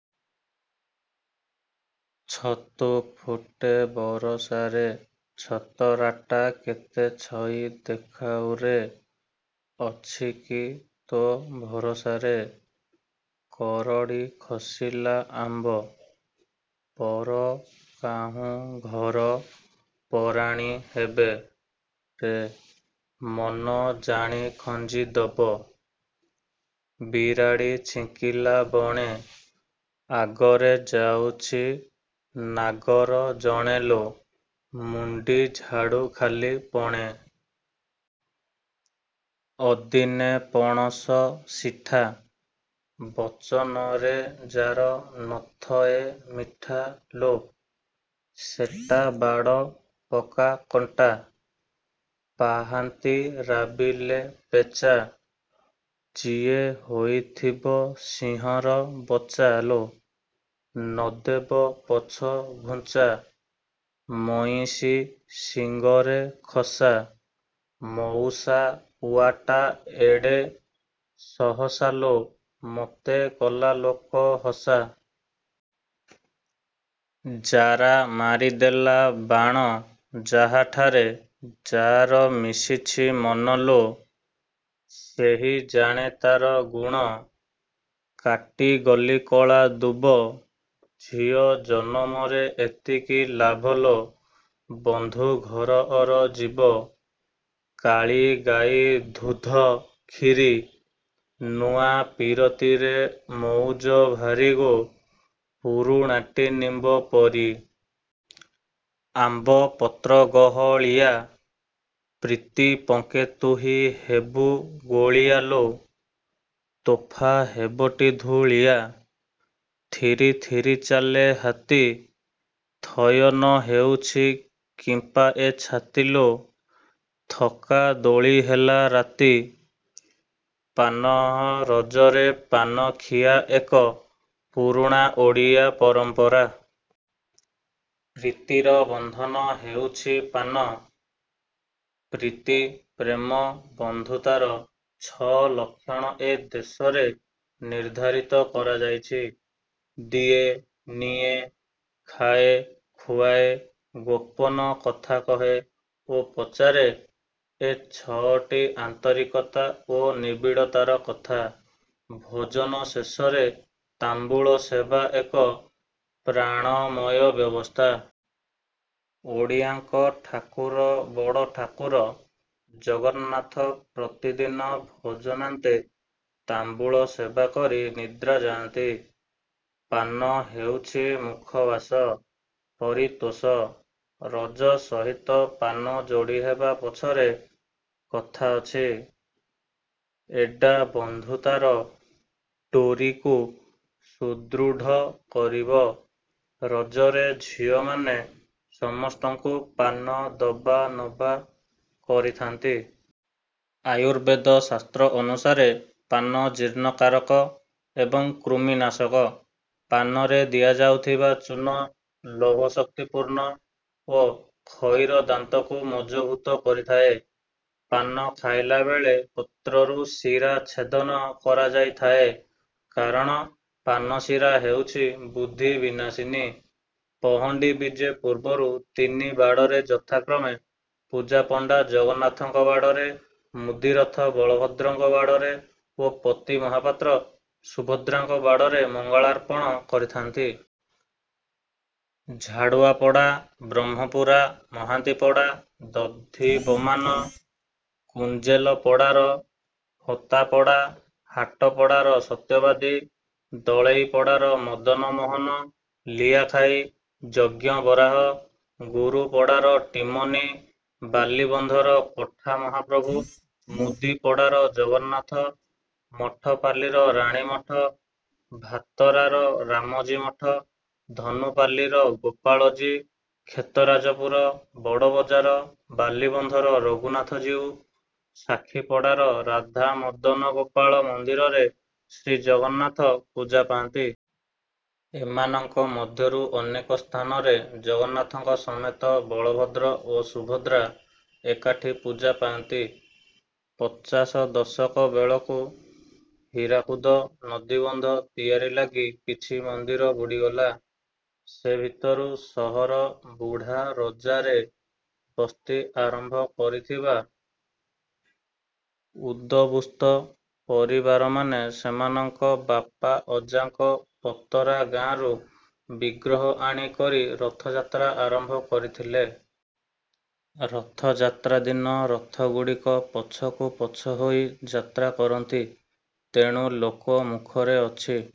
ଛତୁ ଫୁଟେ ବରଷାରେ, ଛତରାଟା କେତେ ଛଇ ଦେଖାଉ ରେ, ଅଛି କି ତୋ ଭରଷାରେ। କରଡ଼ି ଖସିଲା ଆମ୍ବ, ପର କାହୁଁ ଘର ପରାଣୀ ହେବେ ରେ, ମନ ଜାଣି ଖଞ୍ଜି ଦେବ। ବିରାଡ଼ି ଛିଙ୍କିଲା ବଣେ, ଆଗରେ ଯାଉଛି ନାଗର ଜଣେ ଲୋ, ମୁଣ୍ଡି ଝାଡୁ ଖାଲି ପଣେ। ଅଦିନେ ପଣସ ସିଠା, ବଚନରେ ଯାର ନଥଏ ମିଠା ଲୋ, ସେଟା ବାଡ଼ ପକା କଣ୍ଟା। ପାହାନ୍ତି ରାବିଲେ ପେଚା, ଯିଏ ହୋଇଥିବ ସିଂହର ବଚା ଲୋ, ନ ଦେବ ପଛଘୁଞ୍ଚା। ମଇଁଷି ଶିଙ୍ଗରେ ଖସା, ମଉସା ପୁଆଟା ଏଡ଼େ ସହସା ଲୋ, ମତେ କଲା ଲୋକହସା। ଜାରା ମାରିଦେଲା ବାଣ ଯାହାଠାରେ ଯାର ମିଶିଛି ମନ ଲୋ, ସେହି ଜାଣେ ତାର ଗୁଣ। କାଟି ଗଲି କଳାଦୁବ, ଝିଅ ଜନମରେ ଏତିକି ଲାଭ ଲୋ, ବନ୍ଧୁ ଘର ଅରଜିବ। କାଳୀଗାଇ ଧୁଧ କ୍ଷୀରି, ନୂଆ ପୀରତିରେ ମଉଜ ଭାରି ଗୋ, ପୁରୁଣାଟି ନିମ୍ବ ପରି। ଆମ୍ବ ପତ୍ର ଗହଳିଆ, ପ୍ରୀତି ପଙ୍କେ ତୁହି ହେବୁ ଗୋଳିଆଲୋ, ତୋଫା ହେବଟି ଧୁଳିଆ। ଥିରି ଥିରି ଚାଲେ ହାତୀ, ଥୟ ନ ହେଉଛି କିମ୍ପା ଏ ଛାତି ଲୋ, ଥକା ଦୋଳି ହେଲା ରାତି। ପାନ: ରଜରେ ପାନଖିଆ ଏକ ପୁରୁଣା ଓଡ଼ିଆ ପରମ୍ପରା। ପ୍ରୀତିର ବନ୍ଧନ ହେଉଛି ପାନ। ପ୍ରୀତି, ପ୍ରେମ, ବନ୍ଧୁତାର ଛ'ଲକ୍ଷଣ ଏ ଦେଶରେ ନିର୍ଦ୍ଧାରିତ କରାଯାଇଛି। ଦିଏ, ନିଏ, ଖାଏ, ଖୁଆଏ, ଗୋପନ କଥା କହେ ଓ ପଚାରେ, ଏ ଛ'ଟି ଆନ୍ତରିକତା ଓ ନିବିଡ଼ତାର କଥା। ଭୋଜନ ଶେଷରେ ତାମ୍ବୁଳ ସେବା ଏକ ପ୍ରାଣମୟ ବ୍ୟବସ୍ଥା। ଓଡ଼ିଆଙ୍କ ଠାକୁର ବଡ଼ଠାକୁର ଜଗନ୍ନାଥ ପ୍ରତିଦିନ ଭୋଜନାନ୍ତେ ତାମ୍ବୁଳ ସେବା କରି ନିଦ୍ରା ଯାଆନ୍ତି। ପାନ ହେଉଛି ମୁଖବାସ, ପରିତୋଷ। ରଜ ସହିତ ପାନ ଯୋଡ଼ିହେବା ପଛରେ କଥା ଅଛି, ଏଡା ବନ୍ଧୁତାର ଡେ଼ାରିକୁ ସୁଦୃଢ କରିବ। ରଜରେ ଝିଅମାନେ ସମସ୍ତଙ୍କୁ ପାନ ଦବାନବା କରିଥାନ୍ତି। ଆୟୁର୍ବେଦ ଶାସ୍ତ୍ର ଅନୁସାରେ ପାନ ଜୀର୍ଣ୍ଣକାରକ ଏବଂ କୃମିନାଶକ। ପାନରେ ଦିଆଯାଉଥିବା ଚୂନ ଲୌହଶକ୍ତି ପୂର୍ଣ୍ଣ ଓ ଖଇର ଦାନ୍ତକୁ ମଜଭୁତ କରିଥାଏ। ପାନ ଖାଇଲା ବେଳେ ପତ୍ରରୁ ଶିରା ଛେଦନ କରାଯାଇଥାଏ କାରଣ ପାନଶିରା ହେଉଛି ବୁଦ୍ଧି ବିନାଶିନୀ। ପହଣ୍ଡି ବିଜେ ପୂର୍ବରୁ ତିନି ବାଡ଼ରେ ଯଥାକ୍ରମେ ପୂଜାପଣ୍ଡା ଜଗନ୍ନାଥଙ୍କ ବାଡ଼ରେ, ମୁଦିରଥ ବଳଭଦ୍ରଙ୍କ ବାଡ଼ରେ ଓ ପତି ମହାପାତ୍ର ସୁଭଦ୍ରାଙ୍କ ବାଡ଼ରେ ମଙ୍ଗଳାର୍ପଣ କରିଥାନ୍ତି। ଝାଡ଼ୁଆପଡ଼ା, ବ୍ରହ୍ମପୁରା, ମହାନ୍ତିପଡ଼ା, ଦଧିବମାନ, କୁଞ୍ଜେଲପଡ଼ାର ହୋତାପଡ଼ା, ହାଟ ପଡ଼ାର ସତ୍ୟବାଦୀ, ଦଳେଇପଡ଼ାର ମଦନମୋହନ, ଲିଆଖାଇ, ଯଜ୍ଞ ବରାହ, ଗୁରୁପଡ଼ାର ଟିମନୀ, ବାଲିବନ୍ଧର କୋଠା ମହାପ୍ରଭୁ, ମୁଦୀପଡ଼ାର ଜଗନ୍ନାଥ, ମଠପାଲିର ରାଣୀମଠ, ଭାତରାର ରାମଜୀ ମଠ, ଧନୁପାଲିର ଗୋପାଳଜୀ, କ୍ଷେତରାଜପୁର, ବଡ଼ବଜାର, ବାଲିବନ୍ଧର ରଘୁନାଥଜୀଉ, ସାକ୍ଷୀପଡ଼ାର ରାଧାମଦନଗୋପାଳ ମନ୍ଦିରରେ ଶ୍ରୀ ଜଗନ୍ନାଥ ପୂଜା ପାଆନ୍ତି। ଏମାନଙ୍କ ମଧ୍ୟରୁ ଅନେକ ସ୍ଥାନରେ ଜଗନ୍ନାଥଙ୍କ ସମେତ ବଳଭଦ୍ର ଓ ସୁଭଦ୍ରା ଏକାଠି ପୂଜା ପାଆନ୍ତି। ପଚାଶ ଦଶକ ବେଳକୁ ହୀରାକୁଦ ନଦୀବନ୍ଧ ତିଆରି ଲାଗି କିଛି ମନ୍ଦିର ବୁଡ଼ିଗଲା। ସେ ଭିତରୁ ସହର ବୁଢ଼ାରଜାରେ ବସ୍ତି ଆରମ୍ଭ କରିଥିବା ଉଦବୁସ୍ତ ପରିବାରମାନେ ସେମାନଙ୍କ ବାପା ଅଜାଙ୍କ ପତରା ଗାଁରୁ ବିଗ୍ରହ ଆଣି କରି ରଥଯାତ୍ରା ଆରମ୍ଭ କରିଥିଲେ। ରଥଯାତ୍ରାଦିନ ରଥଗୁଡ଼ିକ ପଛକୁ ପଛ ହୋଇ ଯାତ୍ରା କରନ୍ତି। ତେଣୁ ଲୋକମୁଖରେ ଅଛି:।